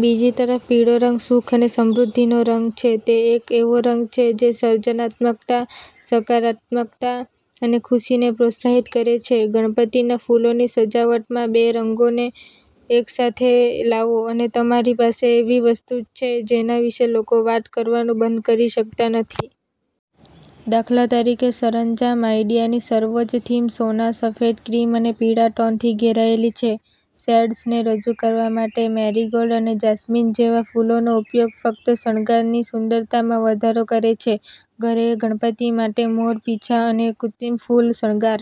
બીજી તરફ પીળો રંગ સુખ અને સમૃદ્ધિનો રંગ છે. તે એક એવો રંગ છે જે સર્જનાત્મકતા, સકારાત્મકતા અને ખુશીને પ્રોત્સાહિત કરે છે. ગણપતિના ફૂલોની સજાવટમાં બે રંગોને એકસાથે લાવો, અને તમારી પાસે એવી વસ્તુ છે જેના વિશે લોકો વાત કરવાનું બંધ કરી શકતા નથી. દાખલા તરીકે, સરંજામ આઈડિયાની સર્વોચ્ચ થીમ સોના, સફેદ, ક્રીમ અને પીળા ટોનથી ઘેરાયેલી છે. શેડ્સને રજૂ કરવા માટે મેરીગોલ્ડ અને જાસ્મિન જેવા ફૂલોનો ઉપયોગ ફક્ત શણગારની સુંદરતામાં વધારો કરે છે. ઘરે ગણપતિ માટે મોર પીંછા અને કૃત્રિમ ફૂલ શણગાર.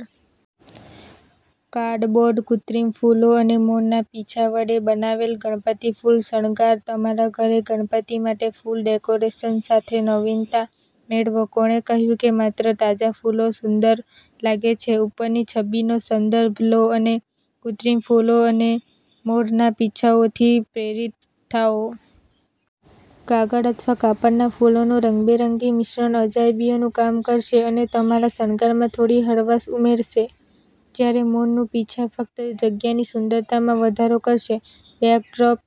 કાર્ડબોર્ડ, કૃત્રિમ ફૂલો અને મોરના પીંછા વડે બનાવેલ ગણપતિ ફૂલ શણગાર. તમારા ઘરે ગણપતિ માટે ફૂલ ડેકોરેશન સાથે નવીનતા મેળવો. કોણે કહ્યું કે માત્ર તાજા ફૂલો સુંદર લાગે છે? ઉપરની છબીનો સંદર્ભ લો અને કૃત્રિમ ફૂલો અને મોરના પીછાઓથી પ્રેરિત થાઓ. કાગળ અથવા કાપડના ફૂલોનું રંગબેરંગી મિશ્રણ અજાયબીઓનું કામ કરશે અને તમારા શણગારમાં થોડી હળવાશ ઉમેરશે, જ્યારે મોરનું પીંછા ફક્ત જગ્યાની સુંદરતામાં વધારો કરશે. બેકડ્રોપ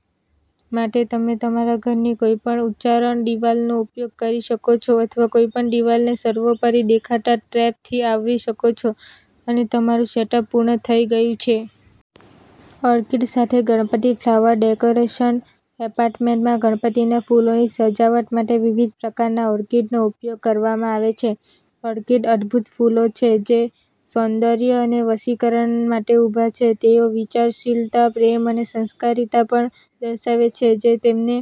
માટે, તમે તમારા ઘરની કોઈપણ ઉચ્ચારણ દિવાલનો ઉપયોગ કરી શકો છો અથવા કોઈપણ દિવાલને સર્વોપરી દેખાતા ડ્રેપથી આવરી શકો છો, અને તમારું સેટઅપ પૂર્ણ થઈ ગયું છે! ઓર્કિડ સાથે ગણપતિ ફ્લાવર ડેકોરેશન. એપાર્ટમેન્ટમાં ગણપતિના ફૂલોની સજાવટ માટે વિવિધ પ્રકારના ઓર્કિડનો ઉપયોગ કરવામાં આવે છે. ઓર્કિડ અદભૂત ફૂલો છે જે સૌંદર્ય અને વશીકરણ માટે ઊભા છે. તેઓ વિચારશીલતા, પ્રેમ અને સંસ્કારિતા પણ દર્શાવે છે, જે તેમને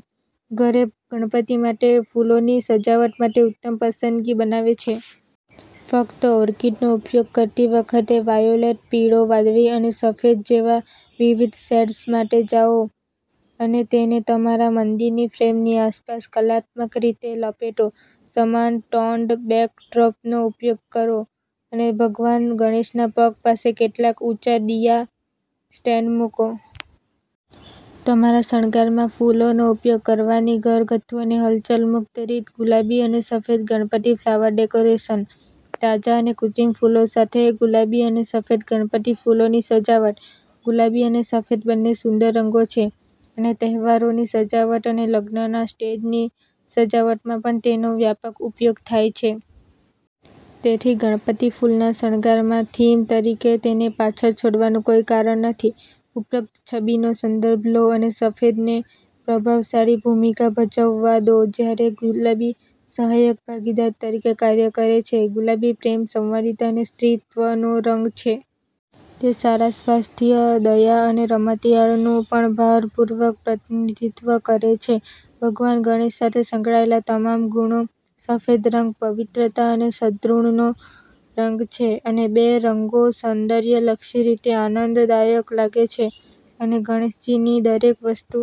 ઘરે ગણપતિ માટે ફૂલોની સજાવટ માટે ઉત્તમ પસંદગી બનાવે છે. ફક્ત ઓર્કિડનો ઉપયોગ કરતી વખતે, વાયોલેટ, પીળો, વાદળી અને સફેદ જેવા વિવિધ શેડ્સ માટે જાઓ અને તેને તમારા મંદિરની ફ્રેમની આસપાસ કલાત્મક રીતે લપેટો. સમાન ટોન્ડ બેકડ્રોપનો ઉપયોગ કરો અને ભગવાન ગણેશના પગ પાસે કેટલાક ઊંચા દિયા સ્ટેન્ડ મૂકો. તમારા શણગારમાં ફૂલોનો ઉપયોગ કરવાની ઘરગથ્થુ અને હલચલ-મુક્ત રીત. ગુલાબી અને સફેદ ગણપતિ ફ્લાવર ડેકોરેશન. તાજા અને કૃત્રિમ ફૂલો સાથે ગુલાબી અને સફેદ ગણપતિ ફૂલોની સજાવટ. ગુલાબી અને સફેદ બંને સુંદર રંગો છે અને તહેવારોની સજાવટ અને લગ્નના સ્ટેજની સજાવટમાં પણ તેનો વ્યાપક ઉપયોગ થાય છે. તેથી, ગણપતિ ફૂલના શણગારમાં થીમ તરીકે તેને પાછળ છોડવાનું કોઈ કારણ નથી. ઉપરોક્ત છબીનો સંદર્ભ લો અને સફેદને પ્રભાવશાળી ભૂમિકા ભજવવા દો જ્યારે ગુલાબી સહાયક ભાગીદાર તરીકે કાર્ય કરે છે. ગુલાબી પ્રેમ, સંવાદિતા અને સ્ત્રીત્વનો રંગ છે. તે સારા સ્વાસ્થ્ય, દયા અને રમતિયાળતાનું પણ ભારપૂર્વક પ્રતિનિધિત્વ કરે છે. ભગવાન ગણેશ સાથે સંકળાયેલા તમામ ગુણો. સફેદ રંગ પવિત્રતા અને સદ્ગુણનો રંગ છે, અને બે રંગો સૌંદર્યલક્ષી રીતે આનંદદાયક લાગે છે અને ગણેશજીની દરેક વસ્તુ